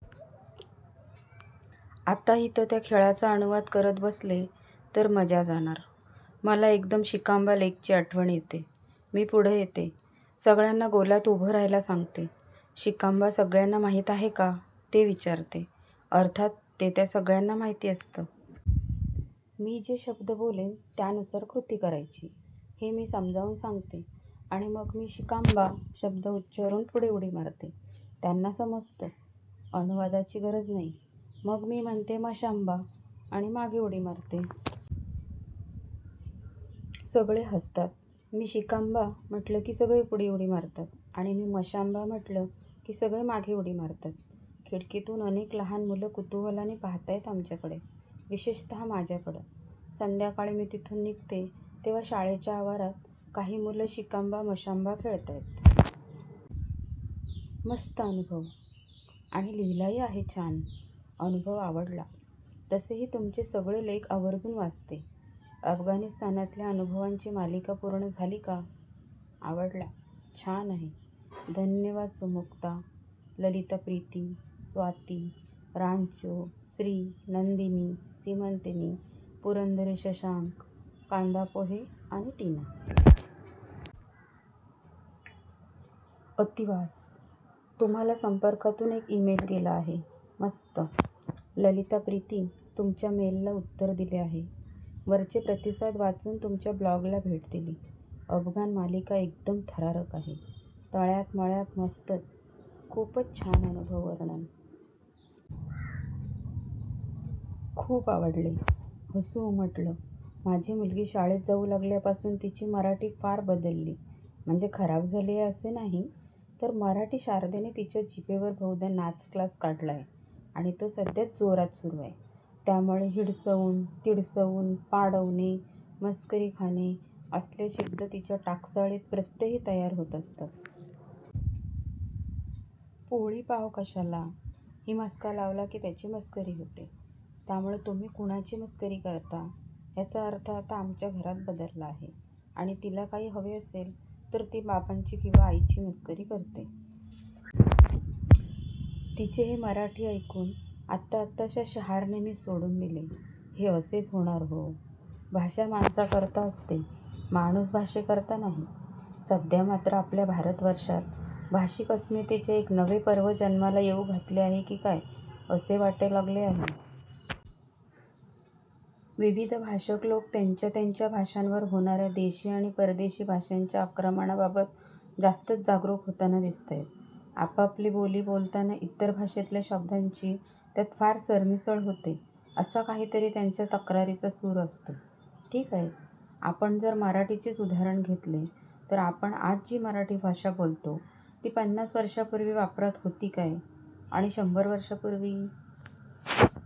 आता इथं त्या खेळाचा अनुवाद करत बसले तर मजा जाणार. मला एकदम शिकाम्बा लेकची आठवण येते. मी पुढं येते. सगळ्यांना गोलात उभे राहायला सांगते. शिकाम्बा सगळ्यांना माहिती आहे का, ते विचारते, अर्थात ते त्या सगळ्यांना माहिती असतं. मी जे शब्द बोलेन त्यानुसार कृती करायची हे मी समजावून सांगते आणि मग मी शिकाम्बा शब्द उच्चारून पुढे उडी मारते. त्यांना समजतं, अनुवादाची गरज नाही. मग मी म्हणते मशाम्बा आणि मागे उडी मारते. सगळे हसतात. मी शिकाम्बा म्हटलं की सगळे पुढे उडी मारतात आणि मी मशाम्बा म्हटलं की सगळे मागे उडी मारतात. खिडकीतून अनेक लहान मुलं कुतूहलाने पाहताहेत आमच्याकडं, विशेषत: माझ्याकडं. संध्याकाळी मी तिथून निघते तेव्हा शाळेचा आवारात काही मुलं शिकाम्बा मशाम्बा खेळताहेत. मस्त अनुभव. आणि लिहिलाही आहे छान. अनुभव आवडला. तसेही तुमचे सगळे लेख आवर्जून वाचते. अफगाणिस्तानातले अनुभवाची मालिका पूर्ण झाली का? आवडला. छान आहे. धन्यवाद सुमुक्ता, ललिता प्रीति, स्वाती, रांचो, श्री, नंदिनी, सीमंतिनी, पुरंदरे शशांक, कांदापोहे आणि टीना. आतिवास, तुम्हाला संपर्कातून एक ईमेल केलं आहे. मस्त. ललिता प्रीति, तुमच्या मेलला उत्तर दिले आहे. वरचे प्रतिसाद वाचून तुमच्या ब्लॉगला भेट दिली. अफगाण मालिका एकदम थरारक आहे. तळ्यात मळ्यात मस्तच, खूपच छान अनुभव वर्णन. खूप आवडले. हसू उमटलं. माझी मुलगी शाळेत जाऊ लागल्या पासून तिची मराठी फार बदलली. म्हणजे खराब झाली असे नाही तर मराठी शारदेने तिच्या जिभेवर बहुधा नाच क्लास काढला आहे आणि तो सध्या जोरात सुरू आहे, त्यामुळे हिडसवून तिडसवून, पाडवणे, मस्करी खाणे असले शब्द तिच्या टाकसाळीत प्रत्यही तयार होत असतात. पोळी पाव कशाला ही मस्का लावला की त्याची मस्करी होते, त्यामुळे तुम्ही कुणाची मस्करी करता ह्याचा अर्थ आता आमच्या घरात बदलला आहे आणि तिला काही हवे असेल तर तर ती बाबाची किंवा आईची मस्करी करते. तिचे हे मराठी ऐकून आता आताशा शहारणे मी सोडून दिलेय. हे असेच होणार हो. भाषा माणसाकरता असते, माणूस भाषेकरता नाही. सध्या मात्र आपल्या भारतवर्षात भाषिक अस्मितेचे एक नवे पर्व जन्माला येऊ घातले आहे की काय असे वाटाय लागले आहे. विविध भाषक लोक त्यांच्या त्यांच्या भाषांवर होणाऱ्या देशी आणि परदेशी भाषांच्या आक्रमणाबाबत जास्तच जागरूक होताना दिसताहेत. आपापली बोली बोलताना इतर भाषेतल्या शब्दांची त्यात फार सरमिसळ होते असा काहीतरी त्यांच्या तक्रारीचा सूर असतो. ठीक आहे, आपण जर मराठीचेच उदाहरण घेतले तर आपण आज जी मराठी भाषा बोलतो ती पन्नास वर्षांपूर्वी वापरात होती काय आणि शंभर वर्षांपूर्वी?